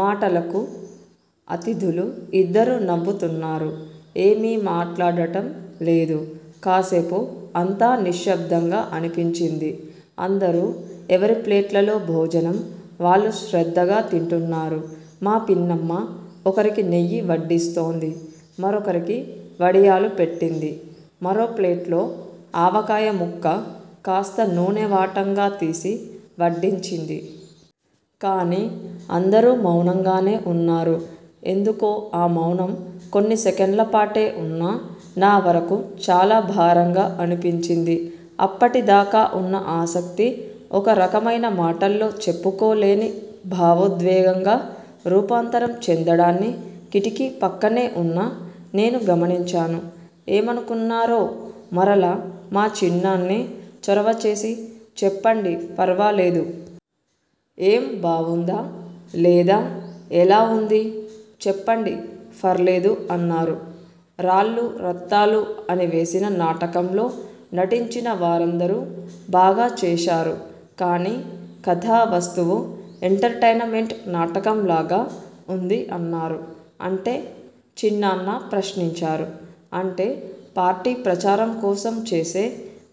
మాటలకు అతిథులు ఇద్దరు నవ్వుతున్నారు. ఏమీ మాట్లాడటం లేదు. కాసేపు అంతా నిశ్శబ్దంగా అనిపించింది. అందరూ ఎవరి ప్లేట్లలో భోజనం వాళ్లు శ్రద్ధగా తింటున్నారు. మా పిన్నమ్మ ఒకరికి నెయ్యి వడ్డిస్తోంది. మరొకరికి వడియాలు పెట్టింది. మరో ప్లేట్లో ఆవకాయ ముక్క కాస్త నూనె వాటంగా తీసి వడ్డించింది. కానీ అందరూ మౌనంగానే ఉన్నారు. ఎందుకో ఆ మౌనం కొన్ని సెకన్లపాటే ఉన్నా నా వరకు చాలా భారంగా అనిపించింది. అప్పటి దాకా ఉన్న ఆసక్తి ఒక రకమైన మాటల్లో చెప్పుకోలేని భావోద్వేగంగా రూపాంతరం చెందడాన్ని కిటికీ పక్కనే ఉన్న నేను గమనించాను. ఏమనుకున్నారో మరలా మా చిన్నాన్నే చొరవ చేసి చెప్పండి ఫర్వాలేదు. ఏం బావుందా? లేదా? ఎలా ఉంది? చెప్పండి ఫర్లేదు అన్నారు. రాళ్లు రత్తాలు అని వేసిన నాటకంలో నటించిన వారందరూ బాగా చేశారు. కానీ కథా వస్తువు ఎంటర్టైనమెంట్ నాటకంలాగా ఉంది అన్నారు. అంటే? చిన్నాన్న ప్రశ్నించారు. 'అంటే పార్టీ ప్రచారంకోసం చేసే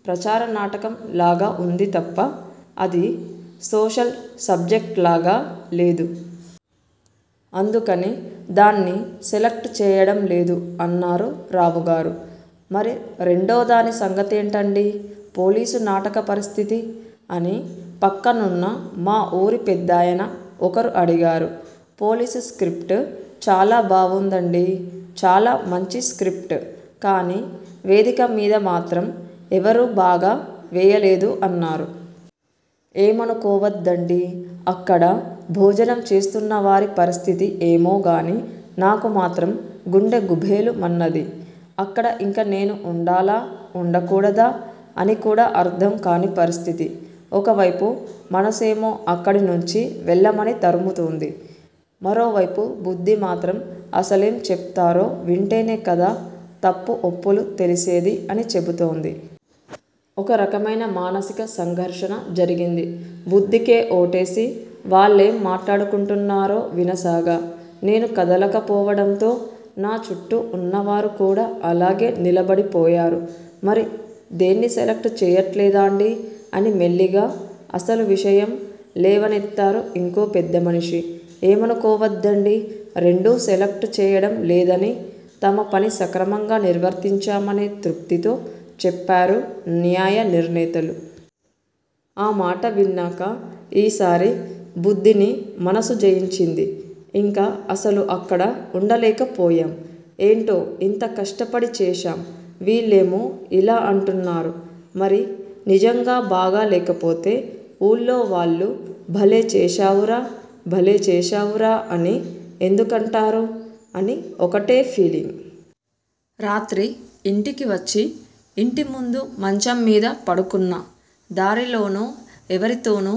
ప్రచార నాటకం లాగా ఉంది తప్ప, అది సోషల్ సబ్జెక్ట్లాగా లేదు. అందుకని దాన్ని సెలక్ట్ చేయడం లేదు అన్నారు రావుగారు. మరి రెండోదాని సంగతేంటండీ? 'పోలీసు' నాటిక పరిస్థితి? ' అని పక్కనున్న మా ఊరి పెద్దాయన ఒకరు అడిగారు పోలీస్ స్క్రిప్ట్ చాలా బావుందండీ. చాలా మంచి స్క్రిప్ట్. కానీ వేదిక మీద మాత్రం ఎవరూ బాగా వేయలేదు అన్నారు. ఏమనుకోవద్దండీ! అక్కడ భోజనం చేస్తున్న వారి పరిస్థితి ఏమోగానీ నాకు మాత్రం గుండె గుభేలు మన్నది. అక్కడ ఇంక నేను ఉండాలా? ఉండ కూడదా? అని కూడా అర్థం కాని పరిస్థితి. ఒకవైపు మనసేమో అక్కడి నుంచి వెళ్లమని తరుముతోంది. మరోవైపు బుద్ధిమాత్రం అసలేం చెప్తారో వింటేనే కదా తప్పు ఒప్పులు తెలిసేది అని చెబుతోంది. ఒక రకమైన మానసిక సంఘర్షణ జరిగింది. బుద్ధికే ఓటేసి, వాళ్లేం మాట్లాడుకుంటున్నారో వినసాగా. నేను కదలకపోవడంతో, నా చుట్టూ ఉన్నవారు కూడా అలాగే నిలబడిపోయారు. మరి దేన్నీ సెలక్ట్ చేయట్లేదాండీ అని మెల్లిగా అసలు విషయం లేవనెత్తారు ఇంకో పెద్దమనిషి. ఏమనుకోవద్దండీ రెండూ సెలక్ట్ చేయడం లేదని తమ పని సక్రమంగా నిర్వర్తించామనే తృప్తితో చెప్పారు న్యాయ నిర్ణేతలు. ఆ మాట విన్నాక ఈ సారి బుద్ధిని మనసు జయించింది. ఇంక అసలు అక్కడ ఉండలేక పోయాం. ఏంటో ఇంత కష్టపడి చేశాం. వీళ్లేమో ఇలా అంటున్నారు. మరి నిజంగా బాగా లేకపోతే ఊళ్లో వాళ్లు భలే చేశావురా భలే చేశావురా అని ఎందుకంటారు?.. అని ఒకటే ఫీలింగ్. రాత్రి ఇంటికి వచ్చి ఇంటి ముందు మంచం మీద పడుకున్నా. దారిలోనూ ఎవరి తోనూ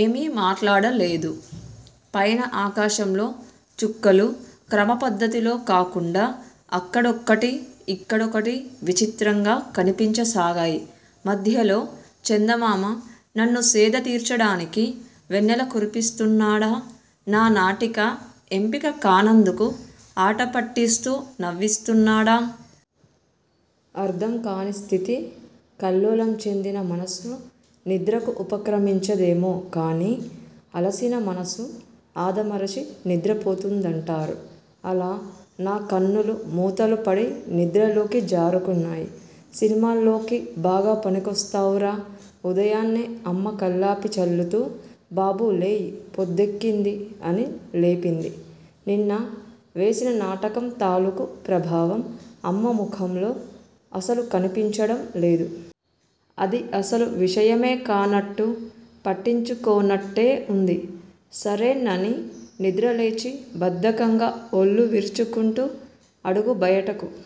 ఏమీ మాట్లాడ లేదు. పైన ఆకాశంలో చుక్కలు క్రమ పద్ధతిలో కాకుండా అక్కడొక్కటి, ఇక్కడొకటి విచిత్రంగా కనిపించసాగాయి. మధ్యలో చందమామ నన్ను సేద తీర్చడానికి వెన్నెల కురిపిస్తున్నాడా? నా నాటిక ఎంపిక కానందుకు ఆట పట్టిస్తూ నవ్విస్తున్నాడా? అర్థంకాని స్థితి. కల్లోలం చెందిన మనసు నిద్రకు ఉపక్రమించదేమో కానీ, అలసిన మనసు ఆదమరచి నిద్రపోతుందంటారు. అలా నా కన్నులు మూతలు పడి నిద్రలోకి జారుకున్నాయి. సినిమాల్లోకి బాగా పనికొస్తావురా ఉదయాన్నే అమ్మ కల్లాపి చల్లుతూ బాబూ లేయ్ పొద్దెక్కింది అని లేపింది. నిన్న వేసిన నాటకం తాలుకు ప్రభావం అమ్మ ముఖంలో అసలు కనిపించడం లేదు. అది అసలు విషయమే కానట్టు, పట్టించుకోనట్టే ఉంది. సరేనని నిద్రలేచి బద్ధకంగా ఒళ్లు విరుచుకుంటూ అడుగు బయటకు